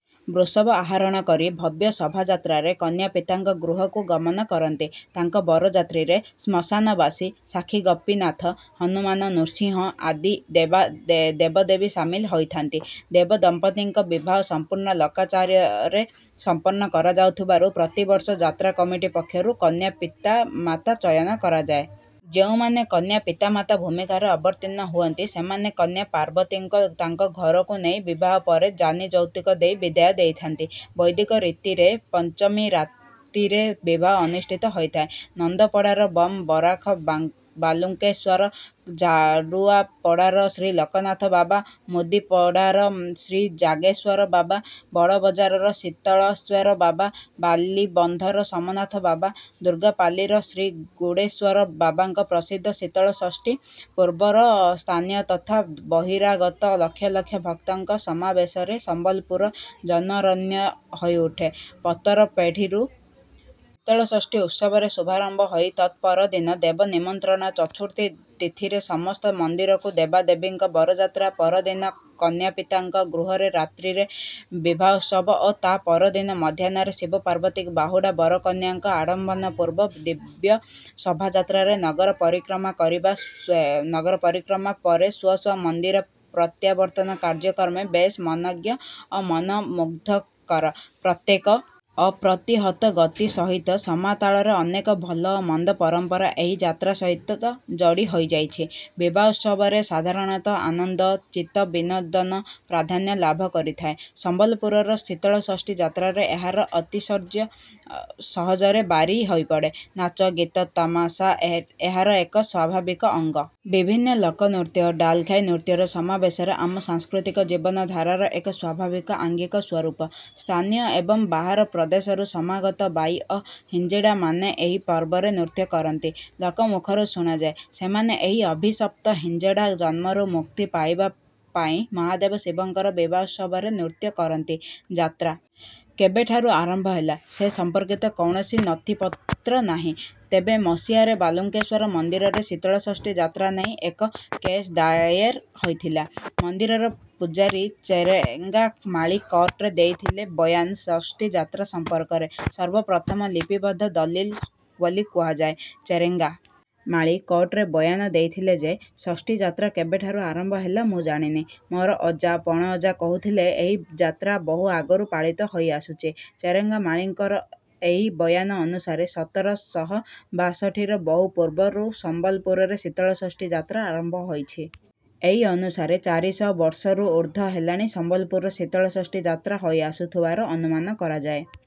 ବୃଷଭ ଆହାରୋଣ କରି ଭବ୍ୟ ଶଭାଯାତ୍ରାରେ କନ୍ୟାପିତାଙ୍କ ଗୃହକୁ ଗମନ କରନ୍ତି। ତାଙ୍କ ବରଯାତ୍ରୀରେ ଶ୍ମଶାନବାସୀ, ସାକ୍ଷୀଗୋପୀନାଥ, ହନୁମାନ, ନୃସିଂହ ଆଦି ଦେବଦେବୀ ସାମିଲ ହୋଇଥାନ୍ତି। ଦେବଦମ୍ପତିଙ୍କ ବିବାହ ସମ୍ପୂର୍ଣ୍ଣ ଲୋକାଚାରରେ ସମ୍ପନ୍ନ କରାଯାଉଥିବାରୁ ପ୍ରତିବର୍ଷ ଯାତ୍ରା କମିଟି ପକ୍ଷରୁ କନ୍ୟା ପିତାମାତା ଚୟନ କରାଯାଏ। ଯେଉଁମାନେ କନ୍ୟା ପିତାମାତା ଭୂମିକାରେ ଅବତୀର୍ଣ୍ଣ ହୁଅନ୍ତି, ସେମାନେ କନ୍ୟା ପାର୍ବତୀଙ୍କୁ ତାଙ୍କ ଘରକୁ ନେଇ ବିବାହ ପରେ ଯାନିଯୌତୁକ ଦେଇ ବିଦାୟ ଦେଇଥାନ୍ତି। ବୈଦିକ ରୀତିରେ ପଞ୍ଚମୀ ରାତିରେ ବିବାହ ଅନୁଷ୍ଠିତ ହୋଇଥାଏ। ନନ୍ଦପଡ଼ାର ବମ୍ ବରାଡ଼ ବାଲୁଙ୍କେଶ୍ୱର, ଝାଡ଼ୁଆପଡ଼ାର ଶ୍ରୀଲୋକନାଥ ବାବା, ମୁଦିପଡ଼ାର ଶ୍ରୀଜାଗେଶ୍ୱର ବାବା, ବଡ଼ବଜାରର ଶୀତଳେଶ୍ୱର ବାବା, ବାଲିବନ୍ଧର ସୋମନାଥ ବାବା, ଦୁର୍ଗାପାଲିର ଶ୍ରୀଗୁଡ଼େଶ୍ୱର ବାବାଙ୍କ ପ୍ରସିଦ୍ଧ ଶୀତଳଷଷ୍ଠୀ ପର୍ବରେ ସ୍ଥାନୀୟ ତଥା ବହିରାଗତ ଲକ୍ଷ ଲକ୍ଷ ଭକ୍ତଙ୍କର ସମାବେଶରେ ସମ୍ବଲପୁର ଜନାରଣ୍ୟ ହୋଇଉଠେ। ପତରପେଁଡ଼ିରୁ ଶୀତଳଷଷ୍ଠୀ ଉତ୍ସବର ଶୁଭାରମ୍ଭ ହୋଇ, ତତ୍‌ପରଦିନ ଦେବ ନିମନ୍ତ୍ରଣ, ଚତୁର୍ଥୀ ତିଥିରେ ସମସ୍ତ ମନ୍ଦିରରୁ ଦେବାଧିଦେବଙ୍କ ବରଯାତ୍ରା, ପରଦିନ କନ୍ୟାପିତାଙ୍କ ଗୃହରେ ରାତ୍ରିରେ ବିବାହୋତ୍ସବ ଓ ତା’ପରଦିନ ମଧ୍ୟାହ୍ନରେ ଶିବପାର୍ବତୀ ବାହୁଡ଼ା ବରକନ୍ୟାଙ୍କର ଆଡ଼ମ୍ବରପୂର୍ଣ୍ଣ ଦିବ୍ୟ ଶୋଭାଯାତ୍ରାରେ ନଗର ପରିକ୍ରମା ପରେ ସ୍ୱ ସ୍ୱ ମନ୍ଦିର ପ୍ରତ୍ୟାବର୍ତ୍ତନ କାର୍ଯ୍ୟକ୍ରମ ବେଶ୍ ମନୋଜ୍ଞ ଓ ମନମୁଗ୍ଧକର। ପ୍ରତ୍ୟେକ ଅପ୍ରତିହତ ଗତି ସହିତ ସମତାଳରେ ଅନେକ ଭଲ ଓ ମନ୍ଦ ପରମ୍ପରା ଏହି ଯାତ୍ରା ସହିତ ଯଡ଼ି ହୋଇଯାଇଛି। ବିବାହୋତ୍ସବରେ ସାଧାରଣତଃ ଆନନ୍ଦ ଓ ଚିତ୍ତବିନୋଦନ ପ୍ରାଧାନ୍ୟ ଲାଭ କରିଥାଏ। ସମ୍ବଲପୁରର ଶୀତଳଷଷ୍ଠୀ ଯାତ୍ରାରେ ଏହାର ଆତିଶଯ୍ୟ ସହଜରେ ବାରି ହୋଇପଡ଼େ। ନାଚ, ଗୀତ, ତାମସା ଏହାର ଏକ ସ୍ୱାଭାବିକ ଅଙ୍ଗ। ବିଭିନ୍ନ ଲୋକନୃତ୍ୟ, ଡାଲଖାଇ ନୃତ୍ୟର ସମାବେଶରେ ଆମ ସାଂସ୍କୃତିକ ଜୀବନଧାରାର ଏକ ସ୍ୱାଭାବିକ ଆଙ୍ଗିକ ସ୍ୱରୂପ। ସ୍ଥାନୀୟ ଏବଂ ବାହାର ପ୍ରଦେଶରୁ ସମାଗତ ବାଈ ଓ ହିଞ୍ଜଡ଼ାମାନେ ଏହି ପର୍ବରେ ନୃତ୍ୟ କରନ୍ତି। ଲୋକମୁଖରୁ ଶୁଣାଯାଏ, "ସେମାନେ ଏହି ଅଭିଶପ୍ତ ହିଞ୍ଜଡ଼ା ଜନ୍ମରୁ ମୁକ୍ତି ପାଇବା ପାଇଁ ମହାଦେବ ଶିବଙ୍କ ବିବାହୋତ୍ସବରେ ନୃତ୍ୟ କରନ୍ତି"।ଯାତ୍ରା କେବେଠାରୁ ଆରମ୍ଭ ହେଲା, ସେ ସମ୍ପର୍କିତ କୌଣସି ନଥିପତ୍ର ନାହିଁ। ତେବେ ମସିହାରେ ବାଲୁଙ୍କେଶ୍ୱର ମନ୍ଦିର ଶୀତଳଷଷ୍ଠୀ ଯାତ୍ରା ନେଇ ଏକ କେସ୍ ଦାଏର ହୋଇଥିଲା। ମନ୍ଦିରର ପୂଜାରୀ ଚେରେଙ୍ଗା ମାଳୀ କୋର୍ଟରେ ଦେଇଥିବା ବୟାନ ଷଷ୍ଠୀ ଯାତ୍ରା ସମ୍ପର୍କରେ ସର୍ବପ୍ରଥମ ଲିପିବଦ୍ଧ ଦଲିଲ ବୋଲି କୁହାଯାଏ। ଚେରେଙ୍ଗା ମାଳୀ କୋର୍ଟରେ ବୟାନ ଦେଇଥିଲା ଯେ, ଷଷ୍ଠୀ ଯାତ୍ରା କେବେଠାରୁ ଆରମ୍ଭ ହେଲା ମୁଁ ଜାଣିନି। ମୋର ଅଜା, ପଣଅଜା କହୁଥିଲେ ଏହି ଯାତ୍ରା ବହୁ ଆଗରୁ ପାଳିତ ହୋଇଆସୁଛି। ଚେରେଙ୍ଗା ମାଳୀଙ୍କର ଏହି ବୟାନ ଅନୁସାରେ ସତର ଶହ ବାଷଠିର ବହୁ ପୂର୍ବରୁ ସମ୍ବଲପୁରରେ ଶୀତଳଷଷ୍ଠୀ ଯାତ୍ରା ଆରମ୍ଭ ହୋଇଛି। ଏହି ଅନୁସାରେ ଚାରି ଶହ ବର୍ଷରୁ ଊର୍ଦ୍ଧ୍ୱ ହେଲା ସମ୍ବଲପୁର ଶୀତଳଷଷ୍ଠୀ ଯାତ୍ରା ହୋଇଆସୁଥିବାର ଅନୁମାନ କରାଯାଏ।